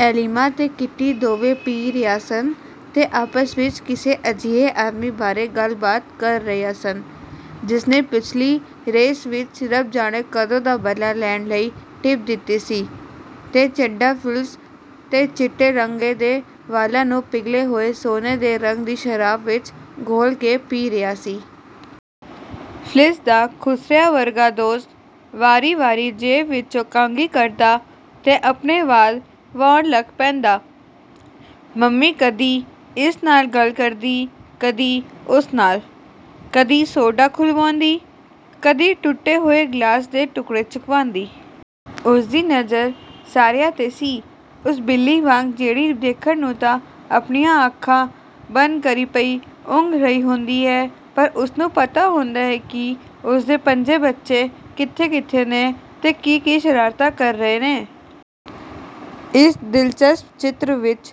ਐਲੀਮਾ ਤੇ ਕਿਟੀ ਦੋਵੇਂ ਪੀ ਰਹੀਆਂ ਸਨ ਤੇ ਆਪਸ ਵਿਚ ਕਿਸੇ ਅਜਿਹੇ ਆਦਮੀ ਬਾਰੇ ਗੱਲਬਾਤ ਕਰ ਰਹੀਆਂ ਸਨ, ਜਿਸਨੇ ਪਿੱਛਲੀ ਰੇਸ ਵਿਚ ਰੱਬ ਜਾਣੇ ਕਦੋਂ ਦਾ ਬਦਲਾ ਲੈਣ ਲਈ ਟਿੱਪ ਦਿੱਤੀ ਸੀ। ਤੇ ਚੱਡਾ ਫਿਲਿਸ ਦੇ ਚਿਟੇ ਰੰਗੇ ਦੇ ਵਾਲਾਂ ਨੂੰ ਪਿਘਲੇ ਹੋਏ ਸੋਨੇ ਦੇ ਰੰਗ ਦੀ ਸ਼ਰਾਬ ਵਿਚ ਘੋਲ ਕੇ ਪੀ ਰਿਹਾ ਸੀ। ਫਿਲਿਸ ਦਾ ਖੁਸਰਿਆਂ ਵਰਗਾ ਦੋਸਤ ਵਾਰੀ-ਵਾਰੀ ਜੇਬ ਵਿਚੋਂ ਕੰਘੀ ਕੱਢਦਾ ਤੇ ਆਪਣੇ ਵਾਲ ਵਾਹੁਣ ਲੱਗ ਪੈਂਦਾ। ਮੰਮੀ ਕਦੀ ਇਸ ਨਾਲ ਗੱਲ ਕਰਦੀ, ਕਦੀ ਉਸ ਨਾਲ; ਕਦੀ ਸੋਢਾ ਖੁਲਵਾਉਂਦੀ, ਕਦੀ ਟੁੱਟੇ ਹੋਏ ਗਲਾਸ ਦੇ ਟੁਕੜੇ ਚੁਕਵਾਉਂਦੀ। ਉਸਦੀ ਨਜ਼ਰ ਸਾਰਿਆਂ 'ਤੇ ਸੀ, ਉਸ ਬਿੱਲੀ ਵਾਂਗ, ਜਿਹੜੀ ਦੇਖਣ ਨੂੰ ਤਾਂ ਆਪਣੀਆਂ ਅੱਖਾਂ ਬੰਦ ਕਰੀ ਪਈ ਊਂਘ ਰਹੀ ਹੁੰਦੀ ਹੈ, ਪਰ ਉਸਨੂੰ ਪਤਾ ਹੁੰਦਾ ਹੈ ਕਿ ਉਸਦੇ ਪੰਜੇ ਬੱਚੇ ਕਿੱਥੇ-ਕਿੱਥੇ ਨੇ ਤੇ ਕੀ-ਕੀ ਸ਼ਰਾਰਤਾਂ ਕਰ ਰਹੇ ਨੇ। ਇਸ ਦਿਲਚਸਪ ਚਿੱਤਰ ਵਿਚ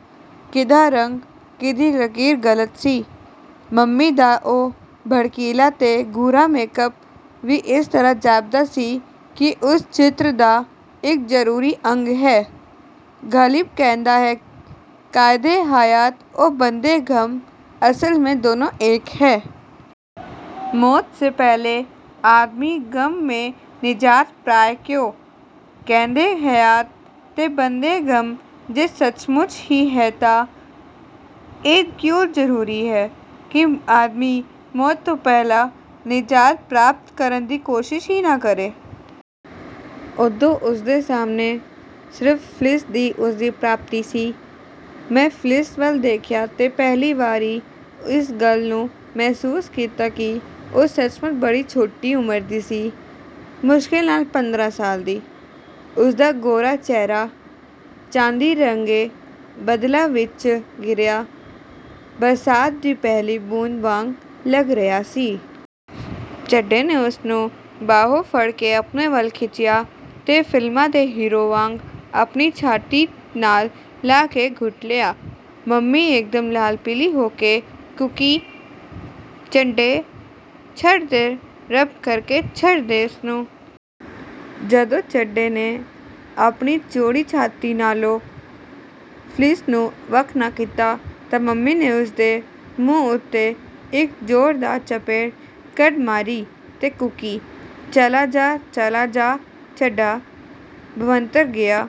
ਕਿਹੜਾ ਰੰਗ, ਕਿਹੜੀ ਲਕੀਰ ਗ਼ਲਤ ਸੀ? ਮੰਮੀ ਦਾ ਉਹ ਭੜਕੀਲਾ ਤੇ ਗੂੜ੍ਹਾ ਮੇਕਅੱਪ ਵੀ ਇਸ ਤਰ੍ਹਾਂ ਜਾਪਦਾ ਸੀ ਕਿ ਉਸ ਚਿੱਤਰ ਦਾ ਇਕ ਜ਼ਰੂਰੀ ਅੰਗ ਹੈ। ਗ਼ਲਿਬ ਕਹਿੰਦਾ ਹੈ:- 'ਕੈਦੇ-ਹਯਾਤ-ਓ-ਬੰਦੇ ਗ਼ਮ, ਅਸਲ ਮੇਂ ਦੋਨੋਂ ਏਕ ਹੈਂ। ਮੌਤ ਸੇ ਪਹਿਲੇ ਆਦਮੀ ਗ਼ਮ ਸੇ ਨਿਜਾਤ ਪਾਏ ਕਿਉਂ? ' ਕੈਦੇ-ਹਯਾਤ ਤੇ ਬੰਦੇ-ਗ਼ਮ ਜੇ ਸੱਚਮੁੱਚ ਹੀ ਹੈ ਤਾਂ ਇਹ ਕਿਉਂ ਜ਼ਰੂਰੀ ਹੈ ਕਿ ਆਦਮੀ ਮੌਤ ਤੋਂ ਪਹਿਲਾਂ ਨਿਜਾਤ ਪ੍ਰਾਪਤ ਕਰਨ ਦੀ ਕੋਸ਼ਿਸ਼ ਹੀ ਨਾ ਕਰੇ? ਉਦੋਂ ਉਸਦੇ ਸਾਹਮਣੇ ਸਿਰਫ ਫਿਲਿਸ ਤੇ ਉਸਦੀ ਪ੍ਰਾਪਤੀ ਸੀ। ਮੈਂ ਫਿਲਿਸ ਵੱਲ ਦੇਖਿਆ ਤੇ ਪਹਿਲੀ ਵਾਰੀ ਇਸ ਗੱਲ ਨੂੰ ਮਹਿਸੂਸ ਕੀਤਾ ਕਿ ਉਹ ਸੱਚਮੁੱਚ ਬੜੀ ਛੋਟੀ ਉਮਰ ਦੀ ਸੀ, ਮੁਸ਼ਕਿਲ ਨਾਲ ਪੰਦਰਾਂ ਸਾਲ ਦੀ, ਉਸਦਾ ਗੋਰਾ ਚਿਹਰਾ, ਚਾਂਦੀ ਰੰਗੇ ਬੱਦਲਾਂ ਵਿਚ ਘਿਰਿਆ, ਬਰਸਾਤ ਦੀ ਪਹਿਲੀ ਬੂੰਦ ਵਾਂਗ ਲਗ ਰਿਹਾ ਸੀ। ਚੱਡੇ ਨੇ ਉਸਨੂੰ ਬਾਹੋਂ ਫੜ੍ਹ ਕੇ ਆਪਣੇ ਵੱਲ ਖਿੱਚਿਆ ਤੇ ਫ਼ਿਲਮਾਂ ਦੇ ਹੀਰੋ ਵਾਂਗ ਆਪਣੀ ਛਾਤੀ ਨਾਲ ਲਾ ਕੇ ਘੁੱਟ ਲਿਆ। ਮੰਮੀ ਯਕਦਮ ਲਾਲ-ਪੀਲੀ ਹੋ ਕੇ ਕੂਕੀ, "ਚੱਡੇ ਛੱਡ ਦੇ ਰਬ ਕਰਕੇ ਛੱਡ ਦੇ ਇਸਨੂੰ! " ਜਦੋਂ ਚੱਡੇ ਨੇ ਆਪਣੀ ਚੌੜੀ ਛਾਤੀ ਨਾਲੋਂ ਫਿਲਿਸ ਨੂੰ ਵੱਖ ਨਾ ਕੀਤਾ ਤਾਂ ਮੰਮੀ ਨੇ ਉਸਦੇ ਮੂੰਹ ਉੱਤੇ ਇਕ ਜ਼ੋਰਦਾਰ ਚਪੇੜ ਕੱਢ ਮਾਰੀ ਤੇ ਕੂਕੀ, "ਚਲਾ ਜਾ, ਚਲਾ ਜਾ" ਚੱਡਾ ਭਵੰਤਰ ਗਿਆ।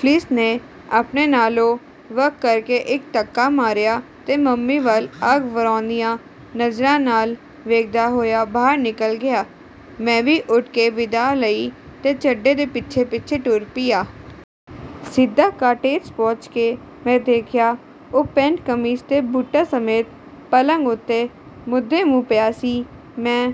ਫਿਲਿਸ ਨੂੰ ਆਪਣੇ ਨਾਲੋਂ ਵੱਖ ਕਰਕੇ ਇਕ ਧੱਕਾ ਮਾਰਿਆ ਤੇ ਮੰਮੀ ਵੱਲ ਅੱਗ ਵਰ੍ਹਾਂਦੀਆਂ ਨਜ਼ਰਾਂ ਨਾਲ ਵੇਖਦਾ ਹੋਇਆ ਬਾਹਰ ਨਿਕਲ ਗਿਆ। ਮੈਂ ਵੀ ਉਠ ਕੇ ਵਿਦਾਅ ਲਈ ਤੇ ਚੱਡੇ ਦੇ ਪਿੱਛੇ-ਪਿੱਛੇ ਤੁਰ ਪਿਆ। ਸਈਦਾ ਕਾਟੇਜ ਪਹੁੰਚ ਕੇ ਮੈਂ ਦੇਖਿਆ ਉਹ ਪੈਂਟ, ਕਮੀਜ਼ ਤੇ ਬੂਟਾਂ ਸਮੇਤ, ਪਲੰਘ ਉੱਤੇ, ਮੂਧੇ- ਮੁੰਹ ਪਿਆ ਸੀ। ਮੈਂ